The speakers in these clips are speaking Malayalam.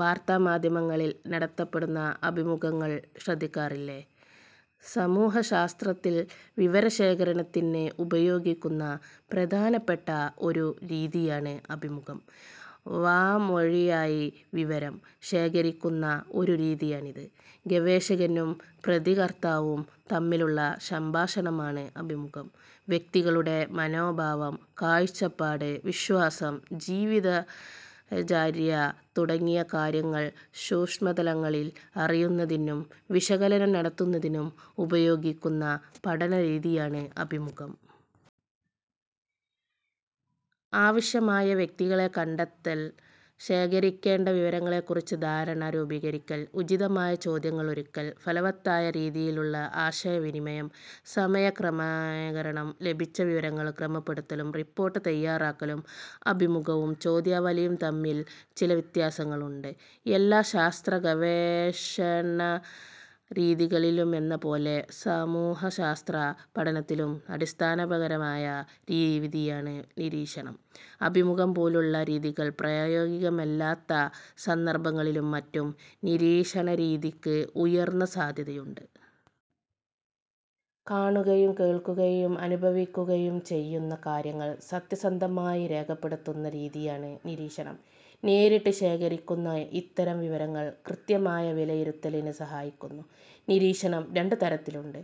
വാർത്താമാധ്യമങ്ങളിൽ നടത്തപ്പെടുന്ന അഭിമുഖങ്ങൾ ശ്രദ്ധിക്കാറില്ലേ. സമൂഹശാസ്ത്രത്തിൽ വിവരശേഖരണത്തിന് ഉപയോഗിക്കുന്ന പ്രധാനപ്പെട്ട ഒരു രീതിയാണ് അഭിമുഖം. വാമൊഴിയായി വിവരം ശേഖരിക്കുന്ന ഒരു രീതിയാണിത്. ഗവേഷകനും പ്രതികർത്താവും തമ്മിലുള്ള സംഭാഷണമാണ് അഭിമുഖം. വ്യക്തികളുടെ മനോഭാവം, കാഴ്ചപ്പാട്, വിശ്വാസം, ജീവിതചര്യ തുടങ്ങിയ കാര്യങ്ങൾ സൂക്ഷ്മതലങ്ങളിൽ അറിയുന്നതിനും വിശകലനം നടത്തുന്നതിനും ഉപയോഗിക്കുന്ന പഠനരീതിയാണ് അഭിമുഖം. ആവശ്യമായ വ്യക്തികളെ കണ്ടെത്തൽ. ശേഖരിക്കേണ്ട വിവരങ്ങളെക്കുറിച്ചു ധാരണ രൂപീകരിക്കൽ. ഉചിതമായ ചോദ്യങ്ങൾ ഒരുക്കൽ. ഫലവത്തായ രീതിയിലുള്ള ആശയവിനിമയം. സമയക്രമീകരണം. ലഭിച്ച വിവരങ്ങൾ ക്രമപ്പെടുത്തലും റിപ്പോർട്ട് തയാറാക്കലും. അഭിമുഖവും ചോദ്യാവലിയും തമ്മിൽ ചില വ്യത്യാസങ്ങളുണ്ട്. എല്ലാ ശാസ്ത്രഗവേഷണ രീതികളിലുമെന്നപോലെ സമൂഹശാസ്ത്ര പഠനത്തിലെ അടിസ്ഥാനപരമായ രീതിയാണ് നിരീക്ഷണം. അഭിമുഖം പോലുള്ള രീതികൾ പ്രായോഗികമല്ലാത്ത സന്ദർഭങ്ങളിലും മറ്റും നിരീക്ഷണരീതിക്ക് ഉയർന്ന സാധ്യതയുണ്ട്. കാണുകയും കേൾക്കുകയും അനുഭവിക്കുകയും ചെയ്യുന്ന കാര്യങ്ങൾ സത്യസന്ധമായി രേഖപ്പെടുത്തുന്ന രീതിയാണ് നിരീക്ഷണം. നേരിട്ട് ശേഖരിക്കുന്ന ഇത്തരം വിവരങ്ങൾ കൃത്യമായ വിലയിരുത്തലിന് സഹായിക്കുന്നു. നിരീക്ഷണം രണ്ടു തരത്തിലുണ്ട്..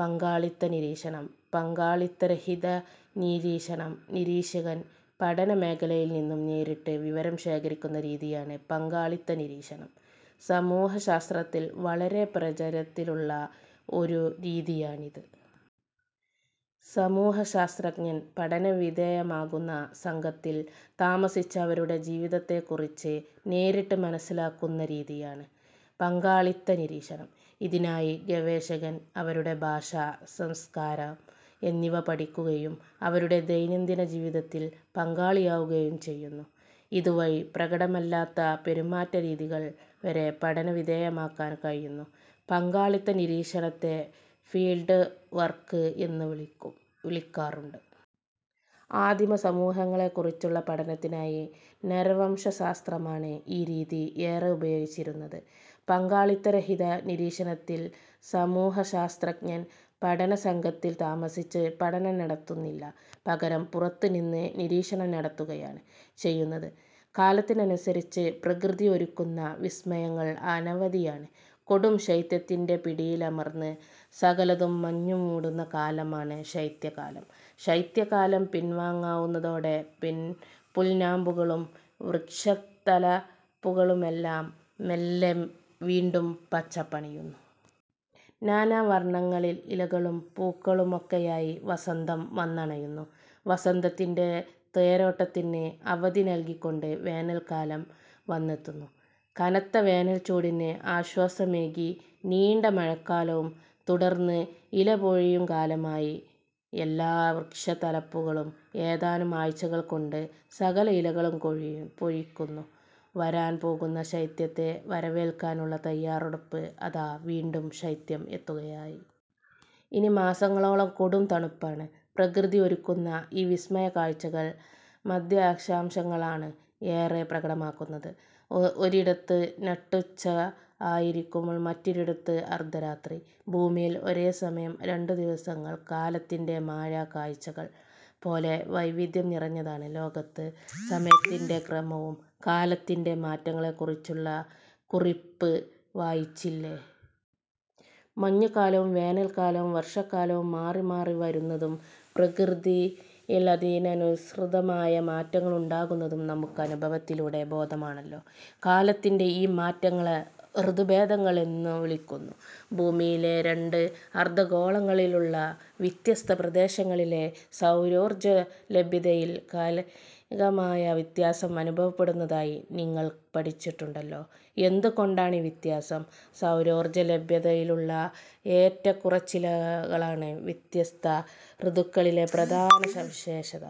പങ്കാളിത്ത നിരീക്ഷണം. പങ്കാളിത്തരഹിതനിരീക്ഷണം നിരീക്ഷകൻ പഠനമേഖലയിൽനിന്നു നേരിട്ട് വിവരം ശേഖരിക്കുന്ന രീതിയാണ് പങ്കാളിത്തനിരീക്ഷണം. സമൂഹശാസ്ത്രത്തിൽ വളരെ പ്രചാരത്തിലുള്ള ഒരു രീതിയാണിത്. സമൂഹശാസ്ത്രജ്ഞൻ പഠനവിധേയമാക്കുന്ന സംഘത്തിൽ താമസിച്ച് അവരുടെ ജീവിതത്തെക്കുറിച്ച് നേരിട്ട് മനസ്സിലാക്കുന്ന രീതിയാണ് പങ്കാളിത്തനിരീക്ഷണം. ഇതിനായി ഗവേഷകൻ അവരുടെ ഭാഷ, സംസ്കാരം എന്നിവ പഠിക്കുകയും അവരുടെ ദൈനംദിന ജീവിതത്തിൽ പങ്കാളിയാവുകയും ചെയ്യുന്നു. ഇതുവഴി പ്രകടമല്ലാത്ത പെരുമാറ്റരീതികൾ വരെ പഠനവിധേയമാക്കാൻ കഴിയുന്നു. പങ്കാളിത്തനിരീക്ഷണത്തെ ഫീൽഡ് വർക്ക് എന്നും വിളിക്കാറുണ്ട്. ആദിമ സമൂഹങ്ങളെക്കുറിച്ചുള്ള പഠനത്തിനായി നരവംശശാസ്ത്രമാണ് ഈ രീതി ഏറെ ഉപയോഗിച്ചിരുന്നത്. പങ്കാളിത്തരഹിത നിരീക്ഷണത്തിൽ സമൂഹശാസ്ത്രജ്ഞൻ പഠനസംഘത്തിൽ താമസിച്ച് പഠനം നടത്തുന്നില്ല. പകരം പുറത്തുനിന്ന് നിരീക്ഷണം നടത്തുകയാണ് ചെയ്യുന്നത്. കാലത്തിനനുസരിച്ച് പ്രകൃതി ഒരുക്കുന്ന വിസ്മയങ്ങൾ അനവധിയാണ്. കൊടും ശൈത്യത്തിന്റെ പിടിയിലമർന്ന് സകലതും മഞ്ഞുമൂടുന്ന കാലമാണ് ശൈത്യകാലം, ശൈത്യകാലം പിൻവാങ്ങുന്നതോടെ പുൽനാമ്പുകളും വൃക്ഷത്തലപ്പുകളുമെല്ലാം മെല്ലെ വീണ്ടും പച്ചപ്പണിയുന്നു. നാനാവർണങ്ങളിൽ ഇലകളും പൂക്കളുമൊക്കെയായി വസന്തം വന്നണയുന്നു. വസന്തത്തിന്റെ തേരോട്ടത്തിന് അവധി നൽകിക്കൊണ്ട് വേനൽക്കാലം വന്നെത്തുന്നു. കനത്ത വേനൽചൂടിന് ആശ്വാസമേകി നീണ്ട മഴക്കാലവും. തുടർന്ന് ഇലപൊഴിയും കാലമായി. എല്ലാ വൃക്ഷത്തലപ്പുകളും ഏതാനും ആഴ്ചകൾ കൊണ്ട് സകല ഇലകളും പൊഴിക്കുന്നു; വരാൻ പോകുന്ന ശൈത്യത്തെ വരവേൽക്കാനുള്ള തയാറെടുപ്പ്. അതാ വീണ്ടും ശൈത്യം എത്തുകയായി. ഇനി മാസങ്ങളോളം കൊടും തണുപ്പാണ്. പ്രകൃതി ഒരുക്കുന്ന ഈ വിസ്മയക്കാഴ്ചകൾ മധ്യ അക്ഷാംശങ്ങളിലാണ് ഏറെ പ്രകടമാകുന്നത്. ഒരിടത്ത് നട്ടുച്ച ആയിരിക്കുമ്പോൾ മറ്റൊരിടത്ത് അർധരാത്രി. ഭൂമിയിൽ ഒരേസമയം രണ്ടു ദിവസങ്ങൾ കാലത്തിന്റെ മായക്കാഴ്ചകൾ പോലെ വൈവിധ്യം നിറഞ്ഞതാണ് ലോകത്ത് സമയത്തിന്റെ ക്രമവും. കാലത്തിന്റെ മാറ്റങ്ങളെക്കുറിച്ചുള്ള കുറിപ്പ് വായിച്ചില്ലേ. മഞ്ഞുകാലവും വേനൽക്കാലവും വർഷകാലവും മാറിമാറി വരുന്നതും പ്രകൃതിയിൽ അതിനനുസൃതമായ മാറ്റങ്ങളുണ്ടാകുന്നതും നമുക്ക് അനുഭവത്തിലൂടെ ബോധ്യമാണല്ലോ. കാലത്തിന്റെ ഈ മാറ്റങ്ങളെ ഋതുഭേദങ്ങൾ എന്നു വിളിക്കുന്നു. ഭൂമിയിലെ രണ്ട് അർധഗോളങ്ങളിലുമുള്ള വ്യത്യസ്ത പ്രദേശങ്ങളിലെ സൗരോർജ ലഭ്യതയിൽ കാലികമായ വ്യത്യാസം അനുഭവപ്പെടുന്നതായി നിങ്ങൾ പഠിച്ചിട്ടുണ്ടല്ലോ. എന്തുകൊണ്ടാണീ വ്യത്യാസം? സൗരോർജലഭ്യതയിലുള്ള ഏറ്റക്കുറച്ചിലുകളാണ് വ്യത്യസ്ത ഋതുക്കളിലെ പ്രധാന സവിശേഷത.